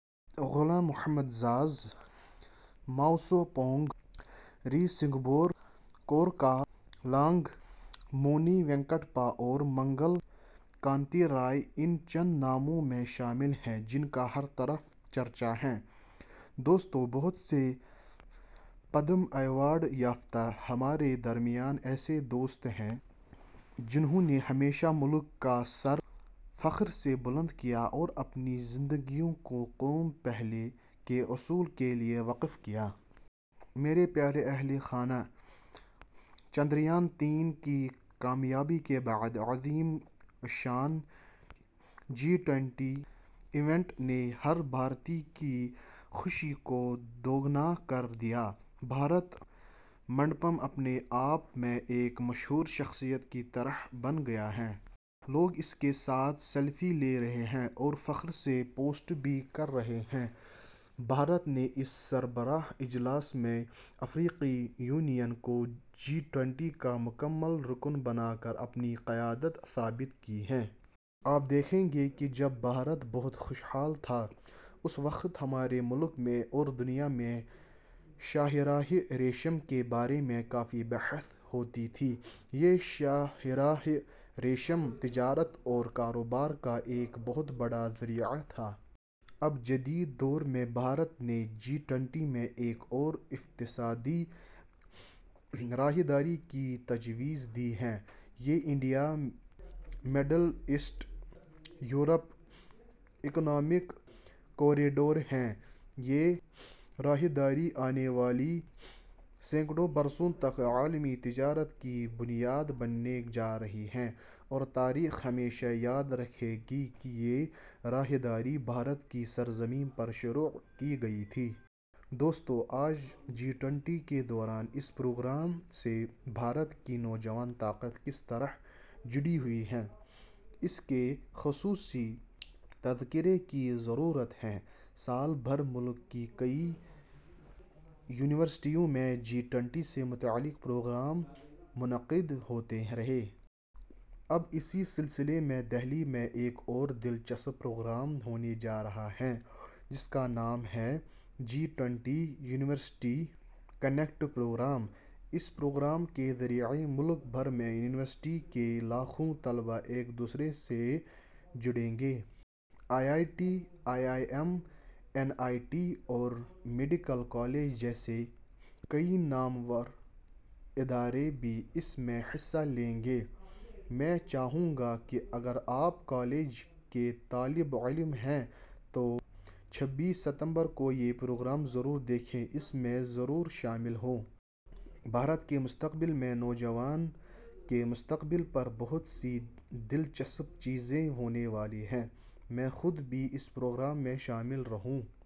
غلام محمد زاز، ماؤ سو pong, Ri Singbor Kurkalang لانگ، مونی وینکٹپا اور منگل کانتی رائے ان چند ناموں میں شامل ہیں جن کا ہر طرف چرچا ہے۔ دوستو، بہت سے پدم ایوارڈ یافتہ ہمارے درمیان ایسے دوست ہیں، جنہوں نے ہمیشہ ملک کا سر فخر سے بلند کیا، اور اپنی زندگیوں کو "قوم پہلے" کے اصول کے لیے وقف کیا۔ میرے پیارے اہلِ خانہ، چندریان تین کی کامیابی کے بعد عظیم الشان جی ٹوئنٹی ایونٹ نے ہر بھارتی کی خوشی کو دوگنا کر دیا۔ بھارت منڈپم اپنے آپ میں ایک مشہور شخصیت کی طرح بن گیا ہے۔ لوگ اس کے ساتھ سیلفی لے رہے ہیں اور فخر سے پوسٹ بھی کر رہے ہیں۔ بھارت نے اس سربراہ اجلاس میں افریقی یونین کو جی ٹوئنٹی کا مکمل رکن بنا کر اپنی قیادت ثابت کی ہے۔ آپ دیکھیں گے کہ جب بھارت بہت خوشحال تھا، اس وقت ہمارے ملک میں اور دنیا میں شاہراہِ ریشم کے بارے میں کافی بحث ہوتی تھی۔ یہ شاہراہِ ریشم تجارت اور کاروبار کا ایک بہت بڑا ذریعہ تھا۔ اب جدید دور میں بھارت نے جی ٹوئنٹی میں ایک اور اقتصادی راہداری کی تجویز دی ہے۔ یہ India Middle East Europe economic corridor ہے۔ یہ راہداری آنے والے سینکڑوں برسوں تک عالمی تجارت کی بنیاد بننے جا رہی ہے اور تاریخ ہمیشہ یاد رکھے گی کہ یہ راہداری بھارت کی سرزمین پر شروع کی گئی تھی۔ دوستو، آج جی ٹوئنٹی کے دوران اس پروگرام سے بھارت کی نوجوان طاقت کس طرح جڑی ہوئی ہے، اس کے خصوصی تذکرے کی ضرورت ہے۔ سال بھر ملک کی کئی یونیورسٹیوں میں جی ٹوئنٹی سے متعلق پروگرام منعقد ہوتے رہے۔ اب اسی سلسلے میں دہلی میں ایک اور دل چسپ پروگرام ہونے جا رہا ہے جس کا نام ہے G twenty university connect program. اس پروگرام کے ذریعے ملک بھر میں یونیورسٹی کے لاکھوں طلبہ ایک دوسرے سے جڑیں گے۔ I I T, I I M, N I T اور میڈیکل کالج جیسے کئی نامور ادارے بھی اس میں حصہ لیں گے۔ میں چاہوں گا کہ اگر آپ کالج کے طالب علم ہیں تو چھبیس ستمبر کو یہ پروگرام ضرور دیکھیں، اس میں ضرور شامل ہوں۔ بھارت کے مستقبل میں، نوجوانوں کے مستقبل پر بہت سی دل چسپ چیزیں ہونے والی ہیں۔ میں خود بھی اس پروگرام میں شامل رہوں۔